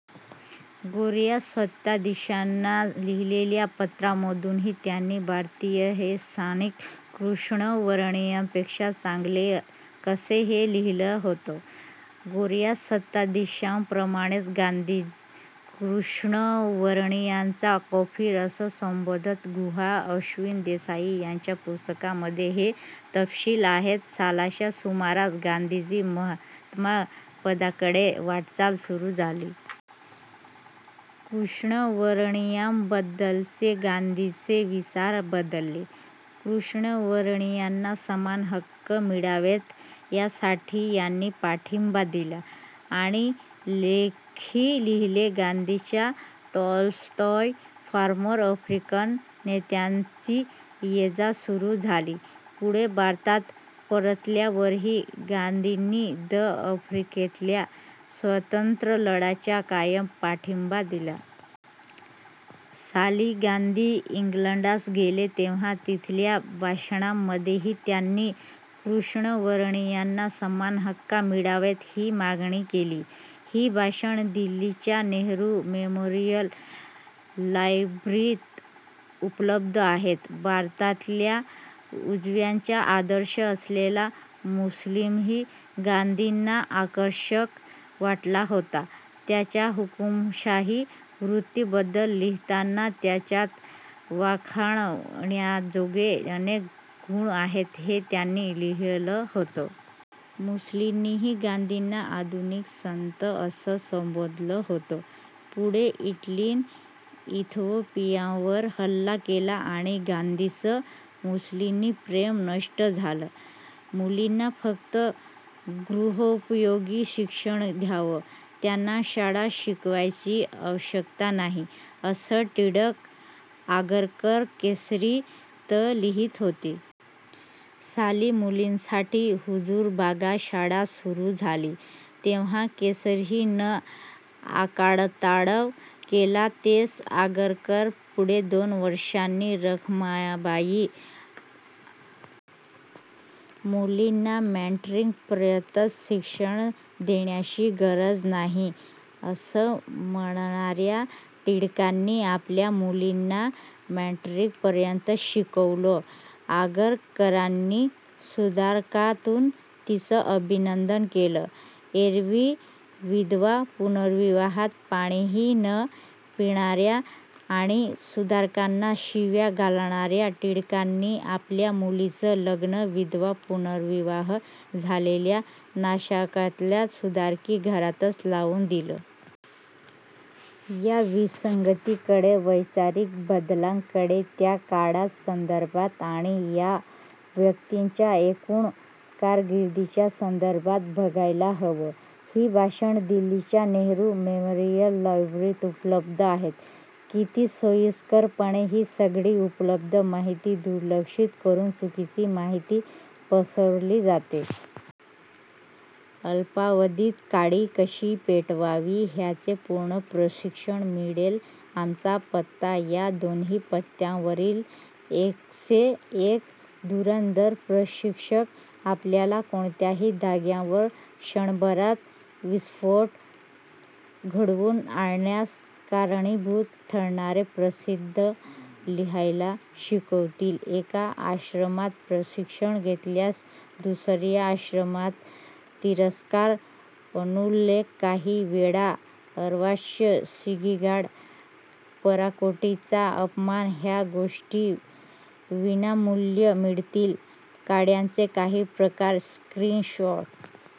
गोर्या सत्ताधीशांना लिहिलेल्या पत्रांमधूनही त्यांनी भारतीय हे स्थानिक कृष्णवर्णीयांपेक्षा चांगले कसे, हे लिहिलं होतं. गोर्या सत्ताधीशांप्रमाणेच गांधी कृष्णवर्णीयांना 'काफिर' असं संबोधत. गुहा, अश्विन देसाई यांच्या पुस्तकांमध्ये हे तपशील आहेत. सालाच्या सुमारास गांधींची महात्मापदाकडे वाटचाल सुरू झाली. कृष्णवर्णीयांबद्दलचे गांधींचे विचार बदलले. कृष्णवर्णीयांना समान हक्क मिळावेत, यासाठी त्यांनी पाठिंबा दिला आणि लेखही लिहिले. गांधींच्या टॉलस्टॉय फार्मवर आफ्रिकन नेत्यांची येजा सुरू झाली. पुढे भारतात परतल्यावरही गांधींनी द. आफ्रिकेतल्या स्वातंत्र्यलढ्याला कायम पाठिंबा दिला. साली गांधी इंग्लंडास गेले, तेव्हा तिथल्या भाषणांमध्येही त्यांनी कृष्णवर्णीयांना समान हक्का मिळावेत, ही मागणी केली. ही भाषणं दिल्लीच्या नेहरू मेमोरियल लायब्ररीत उपलब्ध आहेत. भारतातल्या उजव्यांचा आदर्श असलेला मुसोलिनीही गांधींना आकर्षक वाटला होता. त्याच्या हुकुमशाही वृत्तीबद्दल लिहिताना त्याच्यात वाखाणण्याजोगे अनेक गुण आहेत, हे त्यांनी लिहिलं होतं. मुसोलिनीनंही गांधींना 'आधुनिक संत' असं संबोधलं होतं. पुढे इटलीनं इथिओपियावर हल्ला केला आणि गांधींचं मुसोलिनी-प्रेम नष्ट झालं. मुलींना फक्त गृहोपयोगी शिक्षण द्यावं, त्यांना शाळा शिकवायची आवश्यकता नाही असं टिळक आगरकर 'केसरी'त लिहीत होते. साली मुलींसाठी हुजूरपागा शाळा सुरू झाली तेव्हा 'केसरी'नं आकांडतांडव केला. तेच आगरकर पुढे दोन वर्षांनी रखमाबाई राउतांच्या बाजूनं उभे राहिले. 'केसरी'तून बाहेर पडल्यावर 'सुधारका'तून त्यांनी 'मुलींना मुलांसारखंच आणि मुलांइतकंच शिक्षण द्यावं, त्यांना तांत्रिक शिक्षणही द्यावं' हे सतत लिहिलं. मुलींना मॅट्रिकपर्यंतचं शिक्षण देण्याची गरज नाही, असं म्हणणार्या टिळकांनी आपल्या मुलीला मॅट्रिकपर्यंत शिकवलं. आगरकरांनी सुधारकातून तिचं अभिनंदन केलं. एरवी विधवा-पुनर्विवाहात पाणीही न पिणार्या आणि सुधारकांना शिव्या घालणार्या टिळकांनी आपल्या मुलीचं लग्न विधवा-पुनर्विवाह झालेल्या नाशकातल्या सुधारकी घरातच लावून दिलं. या विसंगतींकडे, वैचारिक बदलांकडे त्या काळाच्या संदर्भात आणि या व्यक्तींच्या एकूण कारकिर्दीच्या संदर्भात बघायला हवं. ही भाषणं दिल्लीच्या नेहरू मेमोरियल लायब्ररीत उपलब्ध आहेत >> किती सोयीस्करपणे ही सगळी ऊपलब्ध माहिती दुर्लक्षित करून चुकीची माहिती पसरवली जाते. अल्पावधीत काडी कशी पेटवावी ह्याचे पूर्ण प्रशिक्षण मिळेलःआमचा पत्ता: ्या दोन्ही पत्त्यांवरील एक से एक धुरंधर प्रशिक्षक आपल्याला कोणत्याही धाग्यावर क्षणभरात विस्फोट घडवून आणण्यास कारणीभूत ठरणारे प्रतिसाद लिहायला शिकवतील. एका आश्रमात प्रशिक्षण घेतल्यास दुसर्या आश्रमातून तिरस्कार, अनुल्लेख, काही वेळा अर्वाच्य शिवीगाळ, पराकोटीचा अपमान ह्या गोष्टी विनामूल्य मिळतील. काड्यांचे काही प्रकारः स्क्रीन शॉट्स